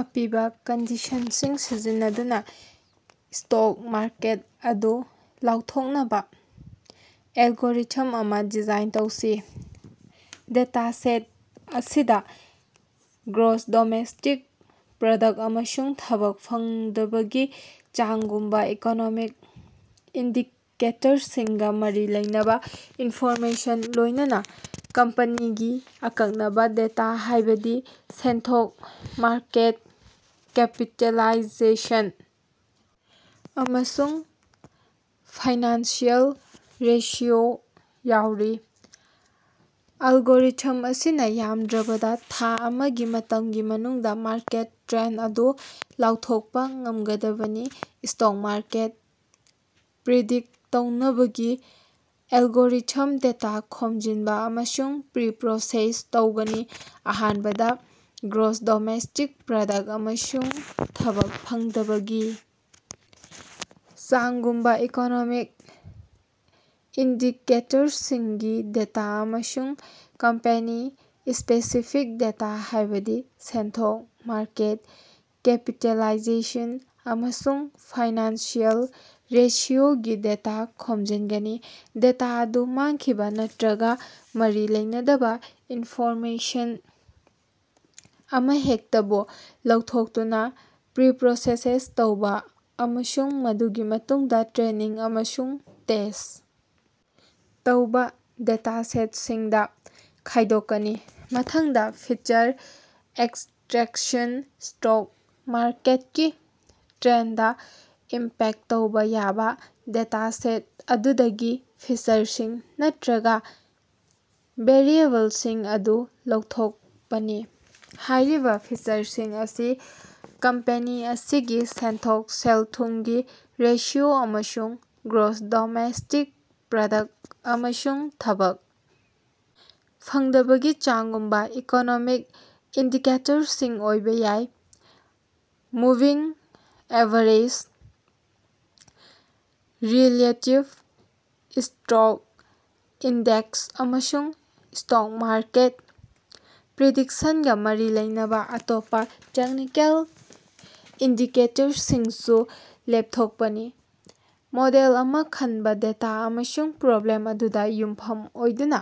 ꯑꯄꯤꯕꯥ ꯀꯟꯗꯤꯁꯟꯁꯤꯡ ꯁꯤꯖꯤꯟꯅꯗꯨꯅꯥ stock market ꯑꯗꯨ ꯂꯥꯎꯊꯣꯛꯅꯕꯥ ꯑꯦꯜꯒꯣꯔꯤꯊꯝ ꯑꯃꯥ ꯗꯤꯖꯥꯏꯟ ꯇꯧꯁꯤ꯫ ꯗꯦꯇꯥꯁꯦꯠ ꯑꯁꯤꯗꯥ ꯒ꯭ꯔꯣꯖ ꯗꯣꯃꯦꯁꯇꯤꯛ ꯄ꯭ꯔꯗꯛ ꯑꯃꯁꯨꯡ ꯊꯕꯛ ꯐꯪꯗꯕꯒꯤ ꯆꯥꯡꯒꯨꯝꯕꯥ ꯏꯀꯣꯅꯣꯃꯤꯛ ꯏꯟꯗꯤꯀꯦꯇꯔꯁꯤꯡꯒꯥ ꯃꯔꯤ ꯂꯩꯅꯕꯥ ꯏꯟꯐꯣꯔꯃꯦꯁꯟ, ꯂꯣꯏꯅꯅꯥ ꯀꯝꯄꯦꯅꯤꯒꯤ ꯑꯀꯛꯅꯕꯥ ꯗꯦꯇꯥ ꯍꯥꯏꯕꯗꯤ ꯁꯦꯟꯊꯣꯛ, ꯃꯥꯔꯀꯦꯠ ꯀꯦꯄꯤꯇꯦꯂꯥꯏꯖꯦꯁꯟ ꯑꯃꯁꯨꯡ ꯐꯥꯏꯅꯥꯟꯁꯤꯑꯦꯜ ꯔꯦꯁꯤꯑꯣ ꯌꯥꯑꯣꯔꯤ꯫ ꯑꯦꯜꯒꯣꯔꯤꯊꯝ ꯑꯁꯤꯅꯥ ꯌꯥꯝꯗ꯭ꯔꯕꯗꯥ ꯊꯥ ꯑꯃꯒꯤ ꯃꯇꯝꯒꯤ ꯃꯅꯨꯡꯗꯥ ꯃꯥꯔꯀꯦꯠ ꯇ꯭ꯔꯦꯟꯗ ꯑꯗꯨ ꯂꯥꯎꯊꯣꯛꯄꯥ ꯉꯝꯒꯗꯕꯅꯤ꯫ ꯁ꯭ꯇꯣꯛ ꯃꯥꯔꯀꯦꯠ ꯄ꯭ꯔꯤꯗꯤꯛꯇ ꯇꯧꯅꯕꯒꯤ ꯑꯦꯜꯒꯣꯔꯤꯊꯝ ꯗꯦꯇꯥ ꯈꯣꯝꯖꯤꯟꯕꯥ ꯑꯃꯁꯨꯡ ꯄ꯭ꯔꯤ-ꯄ꯭ꯔꯣꯁꯦꯁ ꯇꯧꯒꯅꯤ꯫ ꯑꯍꯥꯟꯕꯗꯥ, ꯒ꯭ꯔꯣꯖ ꯗꯣꯃꯦꯁꯇꯤꯛ ꯄ꯭ꯔꯗꯛ ꯑꯃꯁꯨꯡ ꯊꯕꯛ ꯐꯪꯗꯕꯒꯤ ꯆꯥꯡꯒꯨꯝꯕꯥ ꯏꯀꯣꯅꯣꯃꯤꯛ ꯏꯟꯗꯤꯀꯦꯇꯔꯁꯤꯡꯒꯤ ꯗꯦꯇꯥ ꯑꯃꯁꯨꯡ ꯀꯝꯄꯦꯅꯤ-ꯁ꯭ꯄꯦꯁꯤꯐꯤꯛ ꯗꯦꯇꯥ ꯍꯥꯏꯕꯗꯤ ꯁꯦꯟꯊꯣꯛ, ꯃꯥꯔꯀꯦꯠ ꯀꯦꯄꯤꯇꯦꯂꯥꯏꯖꯦꯁꯟ ꯑꯃꯁꯨꯡ ꯐꯥꯏꯅꯥꯟꯁꯤꯑꯦꯜ ꯔꯦꯁꯤꯑꯣꯒꯤ ꯗꯦꯇꯥ ꯈꯣꯝꯖꯤꯟꯒꯅꯤ꯫ ꯗꯦꯇꯥ ꯑꯗꯨ ꯃꯥꯡꯈꯤꯕꯥ ꯅꯠꯇ꯭ꯔꯒꯥ ꯃꯔꯤ ꯂꯩꯅꯗꯕꯥ ꯏꯟꯐꯣꯔꯃꯦꯁꯟ ꯑꯃꯍꯦꯛꯇꯕꯨ ꯂꯧꯊꯣꯛꯇꯨꯅꯥ ꯄ꯭ꯔꯤ-ꯄ꯭ꯔꯣꯁꯦꯁ ꯇꯧꯕꯥ ꯑꯃꯁꯨꯡ ꯃꯗꯨꯒꯤ ꯃꯇꯨꯡꯗꯥ ꯇ꯭ꯔꯦꯅꯤꯡ ꯑꯃꯁꯨꯡ ꯇꯦꯁ ꯇꯧꯕꯥ ꯗꯦꯇꯥꯁꯦꯠꯁꯤꯡꯗꯥ ꯈꯥꯏꯗꯣꯛꯀꯅꯤ꯫ ꯃꯊꯪꯗ ꯐꯤꯆꯔ ꯑꯦꯛꯁꯇ꯭ꯔꯦꯛꯁꯟ ꯁ꯭ꯇꯣꯛ ꯃꯥꯔꯀꯦꯠꯀꯤ ꯇ꯭ꯔꯦꯟꯗꯗꯥ ꯏꯝꯄꯦꯛꯇ ꯇꯧꯕꯥ ꯌꯥꯕꯥ ꯗꯦꯇꯥꯁꯦꯠ ꯑꯗꯨꯗꯒꯤ ꯐꯤꯆꯔꯁꯤꯡ ꯅꯠꯇ꯭ꯔꯒꯥ ꯚꯦꯔꯤꯑꯦꯕꯜꯁꯤꯡ ꯑꯗꯨ ꯂꯧꯊꯣꯛꯄꯥꯅꯤ꯫ ꯍꯥꯏꯔꯤꯕꯥ ꯐꯤꯆꯔꯁꯤꯡ ꯑꯁꯤ ꯀꯝꯄꯦꯅꯤ ꯑꯁꯤꯒꯤ ꯁꯦꯟꯊꯣꯛ, ꯁꯦꯜ-ꯊꯨꯝꯒꯤ ꯔꯦꯁꯤꯑꯣ ꯑꯃꯁꯨꯡ ꯒ꯭ꯔꯣꯖ ꯗꯣꯃꯦꯁꯇꯤꯛ ꯄ꯭ꯔꯗꯛ ꯑꯃꯁꯨꯡ ꯊꯕꯛ ꯐꯪꯗꯕꯒꯤ ꯆꯥꯡꯒꯨꯝꯕꯥ ꯏꯀꯣꯅꯣꯃꯤꯛ ꯏꯟꯗꯤꯀꯦꯇꯔꯁꯤꯡ ꯑꯣꯏꯕꯥ ꯌꯥꯏ꯫ Moving average, relative strength index, ꯑꯃꯁꯨꯡ ꯁ꯭ꯇꯣꯛ ꯃꯥꯔꯀꯦꯠ ꯄ꯭ꯔꯤꯗꯤꯛꯁꯟꯒꯥ ꯃꯔꯤ ꯂꯩꯅꯕꯥ ꯑꯇꯣꯞꯄꯥ ꯇꯦꯛꯅꯤꯀꯦꯜ ꯏꯟꯗꯤꯀꯦꯇꯔꯁꯤꯡꯁꯨ ꯂꯦꯞꯊꯣꯛꯄꯅꯤ꯫ ꯃꯣꯗꯦꯜ ꯑꯃꯥ ꯈꯟꯕꯥ ꯗꯦꯇꯥ ꯑꯃꯁꯨꯡ ꯄ꯭ꯔꯣꯕ꯭ꯂꯦꯝ ꯑꯗꯨꯗꯥ ꯌꯨꯝꯐꯝ ꯑꯣꯏꯗꯨꯅꯥ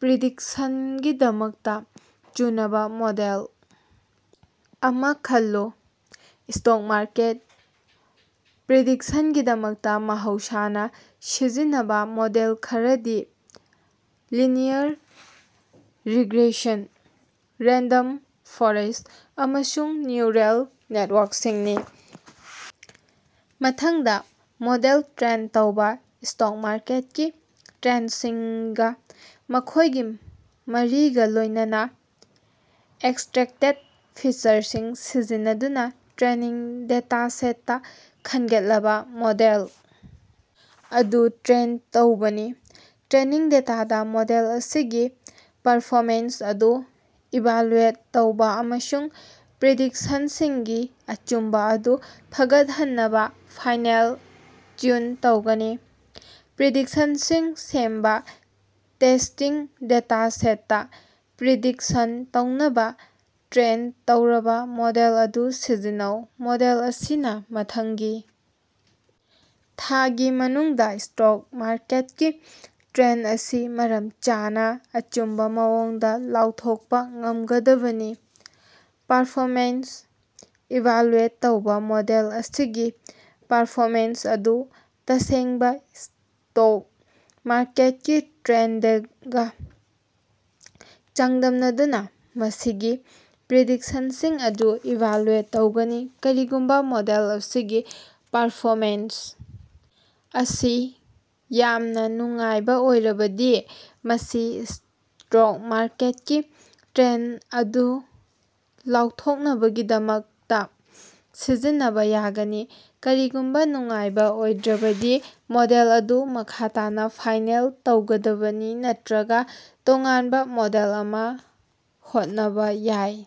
ꯄ꯭ꯔꯤꯗꯤꯛꯁꯟꯒꯤꯗꯃꯛꯇꯥ ꯆꯨꯅꯕꯥ ꯃꯣꯗꯦꯜ ꯑꯃꯥ ꯈꯜꯂꯨ꯫ ꯁ꯭ꯇꯣꯛ ꯃꯥꯔꯀꯦꯠ ꯄ꯭ꯔꯤꯗꯤꯛꯁꯟꯒꯤꯗꯃꯛꯇꯥ ꯃꯍꯧꯁꯥꯅꯥ ꯁꯤꯖꯤꯟꯅꯕꯥ ꯃꯣꯗꯦꯜ ꯈꯔꯗꯤ ꯂꯤꯅꯤꯌꯔ ꯔꯤꯒ꯭ꯔꯦꯁꯟ, ꯔꯦꯟꯗꯝ ꯐꯣꯔꯦꯁ ꯑꯃꯁꯨꯡ ꯅ꯭ꯌꯨꯔꯦꯜ ꯅꯦꯠꯋꯥꯛꯁꯤꯡꯅꯤ꯫ ꯃꯊꯪꯗ ꯃꯣꯗꯦꯜ ꯇ꯭ꯔꯦꯟ ꯇꯧꯕꯥ, ꯁ꯭ꯇꯣꯛ ꯃꯥꯔꯀꯦꯠꯀꯤ ꯇ꯭ꯔꯦꯟꯗꯁꯤꯡꯒꯥ ꯃꯈꯣꯏꯒꯤ ꯃꯔꯤꯒꯥ ꯂꯣꯏꯅꯅꯥ ꯑꯦꯛꯁꯇ꯭ꯔꯦꯛꯇꯦꯗ ꯐꯤꯆꯔꯁꯤꯡ ꯁꯤꯖꯤꯟꯅꯗꯨꯅꯥ ꯇ꯭ꯔꯦꯅꯤꯡ ꯗꯦꯇꯥꯁꯦꯠꯇꯥ ꯈꯟꯒꯠꯂꯕꯥ ꯃꯣꯗꯦꯜ ꯑꯗꯨ ꯇ꯭ꯔꯦꯟ ꯇꯧꯕꯥꯅꯤ꯫ ꯇ꯭ꯔꯦꯅꯤꯡ ꯗꯦꯇꯥꯗ ꯃꯣꯗꯦꯜ ꯑꯁꯤꯒꯤ ꯄꯔꯐꯣꯃꯦꯟꯁ ꯑꯗꯨ ꯏꯚꯥꯂꯨꯑꯦꯠ ꯇꯧꯕꯥ ꯑꯃꯁꯨꯡ ꯄ꯭ꯔꯤꯗꯤꯛꯁꯟꯁꯤꯡꯒꯤ ꯑꯆꯨꯝꯕꯥ ꯑꯗꯨ ꯐꯒꯠꯍꯟꯅꯕꯥ ꯐꯥꯏꯅꯦꯜ ꯇ꯭ꯌꯨꯟ ꯇꯧꯒꯅꯤ꯫ ꯄ꯭ꯔꯤꯗꯤꯛꯁꯟꯁꯤꯡ ꯁꯦꯝꯕꯥ ꯇꯦꯁꯇꯤꯡ ꯗꯦꯇꯥꯁꯦꯠꯇꯥ ꯄ꯭ꯔꯤꯗꯤꯛꯁꯟ ꯇꯧꯅꯕꯥ ꯇ꯭ꯔꯦꯟ ꯇꯧꯔꯕꯥ ꯃꯣꯗꯦꯜ ꯑꯗꯨ ꯁꯤꯖꯤꯟꯅꯧ꯫ ꯃꯣꯗꯦꯜ ꯑꯁꯤꯅꯥ ꯃꯊꯪꯒꯤ ꯊꯥꯒꯤ ꯃꯅꯨꯡꯗꯥ ꯁ꯭ꯇꯣꯛ ꯃꯥꯔꯀꯦꯠꯀꯤ ꯇ꯭ꯔꯦꯟꯗ ꯑꯁꯤ ꯃꯔꯝ ꯆꯥꯅꯥ ꯑꯆꯨꯝꯕꯥ ꯃꯑꯣꯡꯗꯥ ꯂꯥꯎꯊꯣꯛꯄꯥ ꯉꯝꯒꯗꯕꯅꯤ꯫ ꯄꯥꯔꯐꯣꯔꯃꯦꯟꯁ ꯏꯚꯥꯂꯨꯑꯦꯠ ꯇꯧꯕꯥ ꯃꯣꯗꯦꯜ ꯑꯁꯤꯒꯤ ꯄꯔꯐꯣꯃꯦꯟꯁ ꯑꯗꯨ ꯇꯁꯦꯡꯕꯥ ꯁ꯭ꯇꯣꯛ ꯃꯥꯔꯀꯦꯠꯀꯤ ꯇ꯭ꯔꯦꯟꯗꯒꯥ ꯆꯥꯡꯗꯝꯅꯗꯨꯅꯥ ꯃꯁꯤꯒꯤ ꯄ꯭ꯔꯤꯗꯤꯛꯁꯟꯁꯤꯡ ꯑꯗꯨ ꯏꯚꯥꯂꯨꯑꯦꯠ ꯇꯧꯒꯅꯤ꯫ ꯀꯔꯤꯒꯨꯝꯕꯥ ꯃꯣꯗꯦꯜ ꯑꯁꯤꯒꯤ ꯄꯔꯐꯣꯃꯦꯟꯁ ꯑꯁꯤ ꯌꯥꯝꯅꯥ ꯅꯨꯡꯉꯥꯏꯕꯥ ꯑꯣꯏꯔꯕꯗꯤ ꯃꯁꯤ ꯁ꯭ꯇꯣꯛ ꯃꯥꯔꯀꯦꯠꯀꯤ ꯇ꯭ꯔꯦꯟꯗ ꯑꯗꯨ ꯂꯥꯎꯊꯣꯛꯅꯕꯒꯤꯗꯃꯛꯇꯥ ꯁꯤꯖꯤꯟꯅꯕꯥ ꯌꯥꯒꯅꯤ꯫ ꯀꯔꯤꯒꯨꯝꯕꯥ ꯅꯨꯡꯉꯥꯏꯕ ꯑꯣꯏꯗ꯭ꯔꯕꯗꯤ ꯃꯣꯗꯦꯜ ꯑꯗꯨ ꯃꯈꯥ ꯇꯥꯅꯥ ꯐꯥꯏꯅꯦꯜ ꯇꯧꯒꯗꯕꯅꯤ ꯅꯠꯇ꯭ꯔꯒꯥ ꯇꯣꯉꯥꯟꯕꯥ ꯃꯣꯗꯦꯜ ꯑꯃꯥ ꯍꯣꯠꯅꯕꯥ ꯌꯥꯏ꯫